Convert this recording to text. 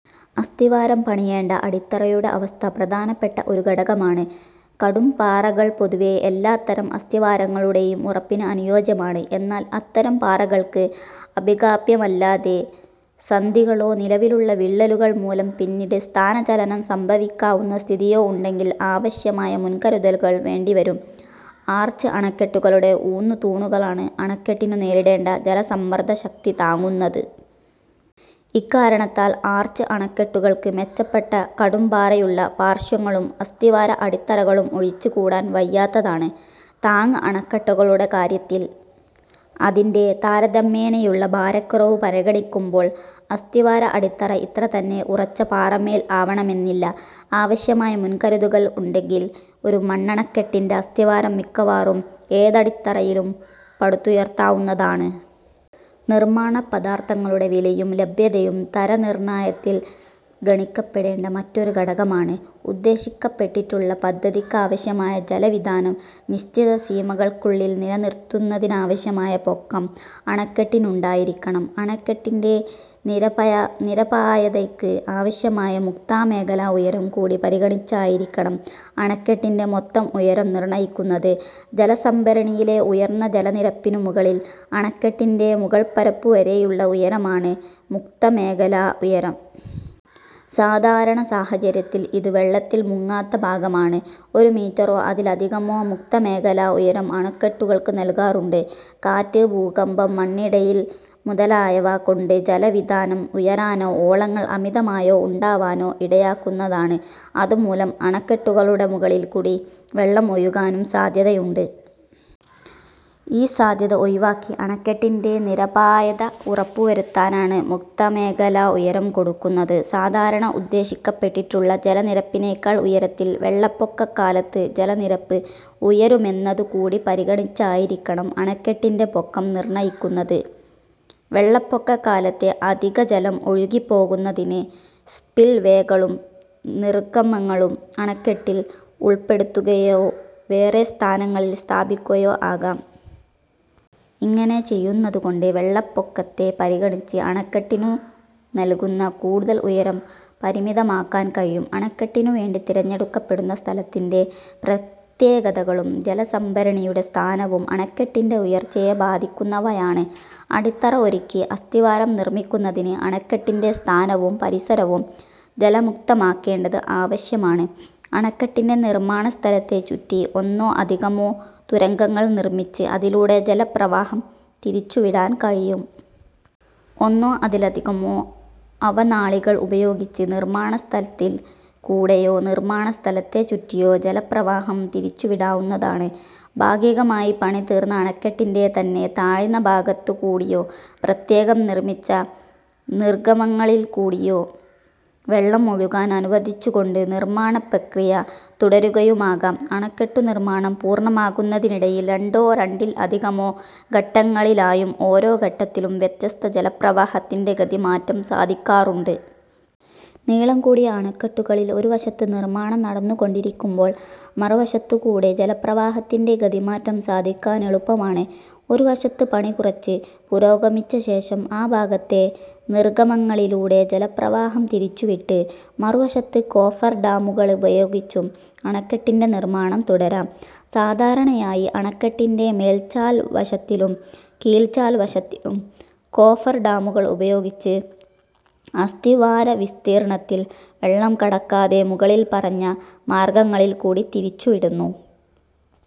അസ്ഥിവാരം പണിയേണ്ട അടിത്തറയുടെ അവസ്ഥ പ്രധാനപ്പെട്ട ഒരു ഘടകമാണ്. കടുംപാറകൾ പൊതുവേ എല്ലാത്തരം അസ്ഥിവാരങ്ങളുടെയും ഉറപ്പിന് അനുയോജ്യമാണ്. എന്നാൽ അത്തരം പാറകൾക്ക് അഭികാമ്യമല്ലാത്ത സന്ധികളൊ, നിലവിലുള്ള വിള്ളലുകൾ മൂലം പിന്നീട് സ്ഥാന ചലനം സംഭവിക്കാവുന്ന സ്ഥിതിയോ ഉണ്ടെങ്കിൽ ആവശ്യമായ മുൻകരുതലുകൾ വേണ്ടി വരും. ആർച്ച് അണക്കെട്ടുകളുടെ ഊന്നു തൂണുകളാണ് അണക്കെട്ടിനു നേരിടേണ്ട ജലസമ്മർദ്ദ ശക്തി താങ്ങുന്നത്. ഇക്കാരണത്താൽ ആർച്ച് അണക്കെട്ടുകൾക്ക് മെച്ചപ്പെട്ട കടുംപാറയുള്ള പാർശ്വങ്ങളും, അസ്ഥിവാര അടിത്തറകളും ഒഴിച്ചു കൂടാൻ വയ്യാത്തതാണ്. താങ്ങ് അണക്കെട്ടുകളുടെ കാര്യത്തിൽ, അതിന്റെ താരതമ്യേനയുള്ള ഭാരക്കുറവ് പരിഗണിക്കുമ്പോൾ അസ്ഥിവാര-അടിത്തറ ഇത്ര തന്നെ ഉറച്ച പാറമേൽ ആവണമെന്നില്ല. ആവശ്യമായ മുൻകരുതലുകൾ ഉണ്ടെങ്കിൽ ഒരു മണ്ണണക്കെട്ടിന്റെ അസ്ഥിവാരം മിക്കവാറും ഏതടിത്തറയിലും പടുത്തുയർത്താവുന്നതാണ്. നിർമ്മാണ പദാർഥങ്ങളുടെ വിലയും ലഭ്യതയും തര നിർണയത്തിൽ ഗണിക്കപ്പെടേണ്ട മറ്റൊരു ഘടകമാണ്. ഉദ്ദേശിക്കപ്പെട്ടിട്ടുള്ള പദ്ധതിക്കാവശ്യമായ ജല വിതാനം നിശ്ചിത സീമകൾക്കുള്ളിൽ നിലനിർത്തുന്നതിനാവശ്യമായ പൊക്കം അണക്കെട്ടിനുണ്ടായിരിക്കണം. അണക്കെട്ടിന്റെ നിരപായതയ്ക്ക് ആവശ്യമായ മുക്തമേഖലാ-ഉയരം കൂടി പരിഗണിച്ചായിരിക്കണം അണക്കെട്ടിന്റെ മൊത്തം ഉയരം നിർണ്ണ്ണയിക്കുന്നത്. ജലസംഭരണിയിലെ ഉയർന്ന ജല നിരപ്പിനു മുകളിൽ അണക്കെട്ടിന്റെ മുകൾപരപ്പുവരെയുള്ള ഉയരമാണ് മുക്ത മേഖലാ ഉയരം. സാധാരണ സാഹചര്യത്തിൽ ഇത് വെള്ളത്തിൽ മുങ്ങാത്ത ഭാഗമാണ്. ഒരു മീറ്ററോ അതിലധികമോ മുക്ത മേഖലാ ഉയരം അണക്കെട്ടുകൾക്കു നൽകാറുണ്ട്. കാറ്റ്, ഭൂകമ്പം, മണ്ണിടിയൽ മുതലായവ കൊണ്ട് ജല വിതാനം ഉയരാനോ, ഓളങ്ങൾ അമിതമായി ഉണ്ടാവാനോ ഇടയാകുന്നതാണ്. അതുമൂലം അണക്കെട്ടുകളുടെ മുകളിൽ കൂടി വെള്ളം ഒഴുകാനും സാദ്ധ്യതയുണ്ട്. ഈ സാദ്ധ്യത ഒഴിവാക്കി അണക്കെട്ടിന്റെ നിരപായത ഉറപ്പു വരുത്താനാണ് മുക്തമേഖലാ-ഉയരം കൊടുക്കുന്നത്. സാധാരണ ഉദ്ദേശിക്കപ്പെട്ടിട്ടുള്ള ജലനിരപ്പിനേക്കാൾ ഉയരത്തിൽ വെള്ളപ്പൊക്ക കാലത്ത് ജലനിരപ്പ് ഉയരുമെന്നതു കൂടി പരിഗണിച്ചായിരിക്കണം അണക്കെട്ടിന്റെ പൊക്കം നിർണ്ണ്ണയിക്കുന്നത്. വെള്ളപ്പൊക്ക കാലത്തെ അധിക ജലം ഒഴുകി പോകുന്നതിന് സ്പിൽവേകളും നിർഗ്ഗമങ്ങളും അണക്കെട്ടിൽ ഉൾപ്പെടുത്തുകയൊ, വേറെ സ്ഥാനങ്ങളിൽ സ്ഥാപിക്കുകയൊ ആകാം. ഇങ്ങനെ ചെയ്യുന്നതു കൊണ്ട് വെള്ളപ്പൊക്കത്തെ പരിഗണിച്ച് അണക്കെട്ടിനു നൽകുന്ന കൂടുതൽ ഉയരം പരിമിതമാക്കാൻ കഴിയും. അണക്കെട്ടിനു വേണ്ടി തിരഞ്ഞെടുക്കപ്പെടുന്ന സ്ഥലത്തിന്റെ പ്രത്യേകതകളും ജലസംഭരണിയുടെ സ്ഥാനവും അണക്കെട്ടിന്റെ ഉയർച്ചയെ ബാധിക്കുന്നവയാണ്. അടിത്തറ ഒരുക്കി അസ്ഥിവാരം നിർമ്മിക്കുന്നതിന് അണക്കെട്ടിന്റെ സ്ഥാനവും പരിസരവും ജലമുക്തമാക്കേണ്ടത് ആവശ്യമാണ്. അണക്കെട്ടിന്റെ നിർമ്മാണ സ്ഥലത്തെ ചുറ്റി ഒന്നോ അധികമോ തുരങ്കങ്ങൾ നിർമ്മിച്ച് അതിലൂടെ ജല പ്രവാഹം തിരിച്ചു വിടാൻ കഴിയും. ഒന്നോ അതിലധികമോ അവനാളികൾ ഉപയോഗിച്ച് നിർമ്മാണ സ്ഥലത്തിൽ കൂടെയോ, നിർമ്മാണ സ്ഥലത്തെ ചുറ്റിയോ ജല പ്രവാഹം തിരിച്ചു വിടാവുന്നതാണ്. ഭാഗികമായി പണി തീർന്ന അണക്കെട്ടിന്റെ തന്നെ താഴ്ന്ന ഭാഗത്തു കൂടിയോ പ്രത്യേകം നിർമ്മിച്ച നിർഗമങ്ങളിൽകൂടിയോ വെള്ളം ഒഴുകാൻ അനുവദിച്ചു കൊണ്ട് നിർമ്മാണ പ്രക്രിയ തുടരുകയുമാകാം. അണക്കെട്ടു നിർമ്മാണം പൂർണമാകുന്നതിനിടയിൽ രണ്ടോ രണ്ടിൽ അധികമോ ഘട്ടങ്ങളിലായും ഓരോ ഘട്ടത്തിലും വ്യത്യസ്ത ജലപ്രവാഹത്തിന്റെ ഗതി മാറ്റം സാധിക്കാറുണ്ട്. നീളം കൂടിയ അണക്കെട്ടുകളിൽ ഒരുവശത്ത് നിർമ്മാണം നടന്നുകൊണ്ടിരിക്കുമ്പോൾ മറുവശത്തുകൂടെ ജലപ്രവാഹത്തിന്റെ ഗതിമാറ്റം സാധിക്കാനെളുപ്പമാണ്. ഒരുവശത്ത് പണി കുറച്ച് പുരോഗമിച്ചശേഷം ആ ഭാഗത്തെ നിർഗമങ്ങളിലൂടെ ജലപ്രവാഹം തിരിച്ചുവിട്ട് മറുവശത്ത് കോഫർഡാമുകളുപയോഗിച്ചും അണക്കെട്ടിന്റെ നിർമ്മാണം തുടരാം. സാധാരണയായി അണക്കെട്ടിന്റെ മേൽചാൽവശത്തിലും കീഴ്ചാൽവശത്തിലും കോഫർഡാമുകൾ ഉപയോഗിച്ച് അസ്തിവാരവിസ്തീർണത്തിൽ വെള്ളം കടക്കാതെ മുകളിൽ പറഞ്ഞ മാർഗങ്ങളിൽ കൂടി തിരിച്ചുവിടുന്നു.